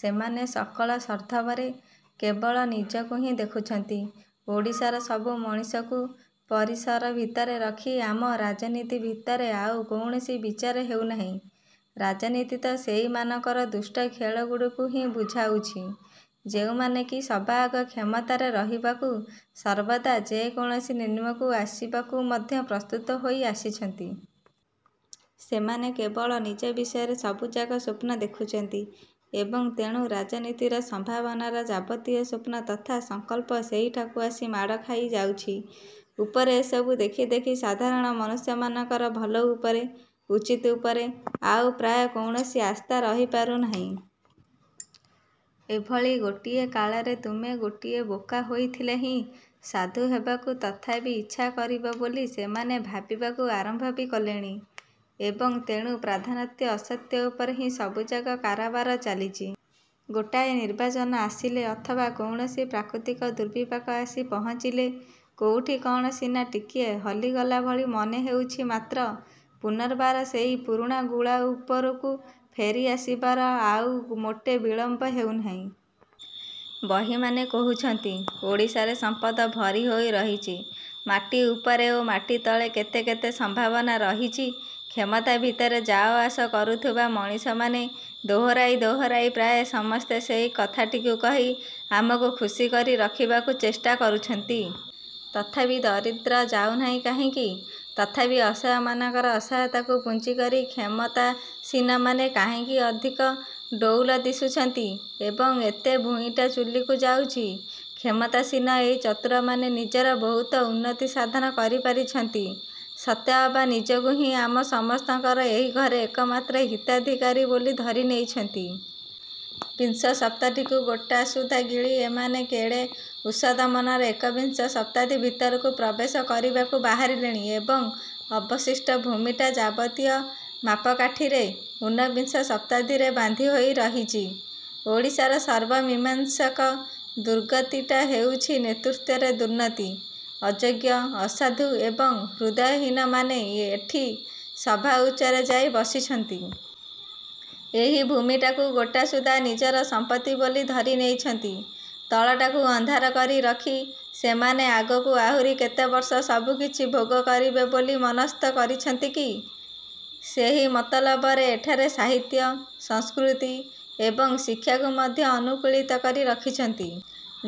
ସେମାନେ ସକଳ ସନ୍ଦର୍ଭରେ କେବଳ ନିଜକୁ ହିଁ ଦେଖୁଛନ୍ତି। ଓଡ଼ିଶାର ସବୁ ମଣିଷଙ୍କୁ ପରିସର ଭିତରେ ରଖି ଆମ ରାଜନୀତି ଭିତରେ ଆଉ କୌଣସି ବିଚାର ହେଉନାହିଁ। ରାଜନୀତି ତ ସେହିମାନଙ୍କର ଦୁଷ୍ଟ ଖେଳଗୁଡ଼ାକୁ ହିଁ ବୁଝାଉଛି, ଯେଉଁମାନେ କି ସବାଆଗ କ୍ଷମତାରେ ରହିବାକୁ ସର୍ବଦା ଯେକୌଣସି ନିମ୍ନକୁ ଆସିବାକୁ ମଧ୍ୟ ପ୍ରସ୍ତୁତ ହୋଇ ଆସିଛନ୍ତି। ସେମାନେ କେବଳ ନିଜ ବିଷୟରେ ସବୁଯାକ ସ୍ଵପ୍ନ ଦେଖୁଛନ୍ତି ଏବଂ ତେଣୁ ରାଜନୀତିର ସମ୍ଭାବନାର ଯାବତୀୟ ସ୍ୱପ୍ନ ତଥା ସଂକଳ୍ପ ସେହିଠାକୁ ଆସି ମାଡ଼ ଖାଇଯାଉଛି। ଉପରେ ଏସବୁ ଦେଖି ଦେଖି ସାଧାରଣ ମନୁଷ୍ୟମାନଙ୍କର ଭଲ ଉପରେ, ଉଚିତ ଉପରେ ଆଉ ପ୍ରାୟ କୌଣସି ଆସ୍ଥା ରହିପାରୁନାହିଁ। ଏଭଳି ଗୋଟିଏ କାଳରେ ତୁମେ ଗୋଟିଏ ବୋକା ହୋଇଥିଲେ ହିଁ ସାଧୁ ହେବାକୁ ତଥାପି ଇଚ୍ଛା କରିବ ବୋଲି ସେମାନେ ଭାବିବାକୁ ଆରମ୍ଭ ବି କଲେଣି ଏବଂ ତେଣୁ ପ୍ରଧାନତ୍ୟ ଅସତ୍ୟ ଉପରେ ହିଁ ସବୁଯାକ କାରବାର ଚାଲିଛି। ଗୋଟାଏ ନିର୍ବାଚନ ଆସିଲେ ଅଥବା କୌଣସି ପ୍ରାକୃତିକ ଦୁର୍ବିପାକ ଆସି ପହଂଚିଲେ କୋଉଠି କ'ଣ ସିନା ଟିକିଏ ହଲିଗଲା ଭଳି ମନେ ହେଉଛି ମାତ୍ର ପୁନର୍ବାର ସେହି ପୁରୁଣା ଗୁଳା ଉପରକୁ ଫେରିଆସିବାରେ ଆଉ ମୋଟେ ବିଳମ୍ବ ହେଉନାହିଁ। ବହିମାନେ କହୁଛନ୍ତି ଓଡ଼ିଶାରେ ସମ୍ପଦ ଭରି ହୋଇ ରହିଛି। ମାଟି ଉପରେ ଓ ମାଟି ତଳେ କେତେ କେତେ ସମ୍ଭାବନା ରହିଛି। କ୍ଷମତା ଭିତରେ ଯାଆଆସ କରୁଥିବା ମଣିଷମାନେ ଦୋହରାଇ ଦୋହରାଇ ପ୍ରାୟ ସମସ୍ତେ ସେହି କଥାଟିକୁ କହି ଆମକୁ ଖୁସି କରି ରଖିବାକୁ ଚେଷ୍ଟା କରୁଛନ୍ତି। ତଥାପି ଦରିଦ୍ର ଯାଉନାହିଁ କାହିଁକି? ତଥାପି ଅସହାୟମାନଙ୍କର ଅସହାୟତାକୁ ପୁଞ୍ଜି କରି କ୍ଷମତାସୀନମାନେ କାହିଁକି ଅଧିକ ଡ଼ଉଲ ଦିଶୁଛନ୍ତି ଏବଂ ଏତେ ଭୂଇଁଟା ଚୂଲିକୁ ଯାଉଛି? କ୍ଷମତାସୀନ ଏହି ଚତୁରମାନେ ନିଜର ବହୁତ ଉନ୍ନତି ସାଧନ କରିପାରିଛନ୍ତି। ସତେଅବା ନିଜକୁ ହିଁ ଆମ ସମସ୍ତଙ୍କର ଏହି ଘରେ ଏକମାତ୍ର ହିତାଧିକାରୀ ବୋଲି ଧରି ନେଇଛନ୍ତି। ବିଂଶ ଶତାବ୍ଦୀଟିକୁ ଗୋଟାସୁଦ୍ଧା ଗିଳି ଏମାନେ କେଡ଼େ ଉଷତମନରେ ଏକବିଂଶ ଶତାବ୍ଦୀ ଭିତରକୁ ପ୍ରବେଶ କରିବାକୁ ବାହାରିଲେଣି। ଏବଂ ଅବଶିଷ୍ଟ ଭୂମିଟା। ଯାବତୀୟ ମାପକାଠିରେ ଊନବିଂଶ ଶତାବ୍ଦୀରେ ବାନ୍ଧି ହୋଇ ରହିଛି। ଓଡ଼ିଶାର ସର୍ବମୀମାଂସକ ଦୁର୍ଗତିଟା ହେଉଛି ନେତୃତ୍ୱରେ ଦୁର୍ନତି। ଅଯୋଗ୍ୟ, ଅସାଧୁ ଏବଂ ହୃଦୟହୀନମାନେ ଏଠି ସବା ଉଚ୍ଚରେ ଯାଇ ବସିଛନ୍ତି। ଏହି ଭୂମିଟାକୁ ଗୋଟାସୁଦ୍ଧା ନିଜର ସମ୍ପତ୍ତି ବୋଲି ଧରି ନେଇଛନ୍ତି। ତଳଟାକୁ ଅନ୍ଧାର କରି ରଖି ସେମାନେ ଆଗକୁ ଆହୁରି କେତେ ବର୍ଷ ସବୁକିଛି ଭୋଗ କରିବେ ବୋଲି ମନସ୍ଥ କରିଛନ୍ତି କି? ସେହି ମତଲବରେ ଏଠାରେ ସାହିତ୍ୟ, ସଂସ୍କୃତି ଏବଂ ଶିକ୍ଷାକୁ ମଧ୍ୟ ଅନୁକୂଳିତ କରି ରଖିଛନ୍ତି।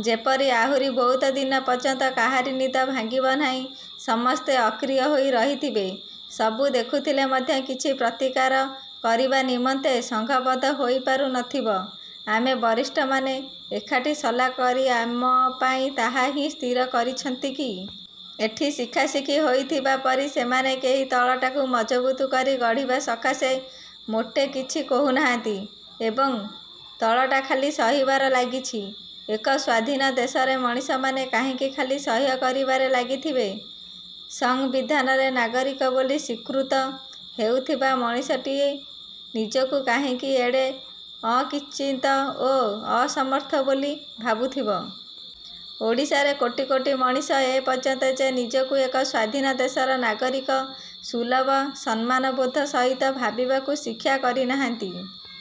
ଯେପରି ଆହୁରି ବହୁତଦିନ ପର୍ଯ୍ୟନ୍ତ କାହାରି ନିଦ ଭାଙ୍ଗିବ ନାହିଁ, ସମସ୍ତେ ଅକ୍ରିୟ ହୋଇ ରହିଥିବେ, ସବୁ ଦେଖୁଥଲେ ମଧ୍ୟ କିଛି ପ୍ରତିକାର କରିବା ନିମନ୍ତେ ସଂଘବଦ୍ଧ ହୋଇପାରୁ ନଥିବ। ଆମ ବରିଷ୍ଠମାନେ ଏକାଠି ସଲା କରି ଆମ ପାଇଁ ତାହା ହିଁ ସ୍ଥିର କରିଛନ୍ତି କି? ଏଠି ଶିଖାଶିଖି ହୋଇଥିବା ପରି ସେମାନେ କେହି ତଳଟାକୁ ମଜବୁତ କରି ଗଢ଼ିବା ସକାଶେ ମୋଟେ କିଛି କହୁନାହାନ୍ତି ଏବଂ ତଳଟା ଖାଲି ସହିବାର ଲାଗିଛି। ଏକ ସ୍ୱାଧୀନ ଦେଶରେ ମଣିଷମାନେ କାହିଁକି ଖାଲି ସହ୍ୟ କରିବାରେ ଲାଗିଥିବେ? ସଂବିଧାନରେ ନାଗରିକ ବୋଲି ସ୍ଵୀକୃତ ହେଉଥିବା ମଣିଷଟିଏ ନିଜକୁ କାହିଁକି ଏଡ଼େ ଅକିଂଚତ ଓ ଅସମର୍ଥ ବୋଲି ଭାବୁଥିବ? ଓଡ଼ିଶାରେ କୋଟି କୋଟି ମଣିଷ ଏପର୍ଯ୍ୟନ୍ତ ଯେ ନିଜକୁ ଏକ ସ୍ୱାଧୀନ ଦେଶର ନାଗରିକସୁଲଭ ସମ୍ମାନବୋଧ ସହିତ ଭାବିବାକୁ ଶିକ୍ଷା କରିନାହାନ୍ତି।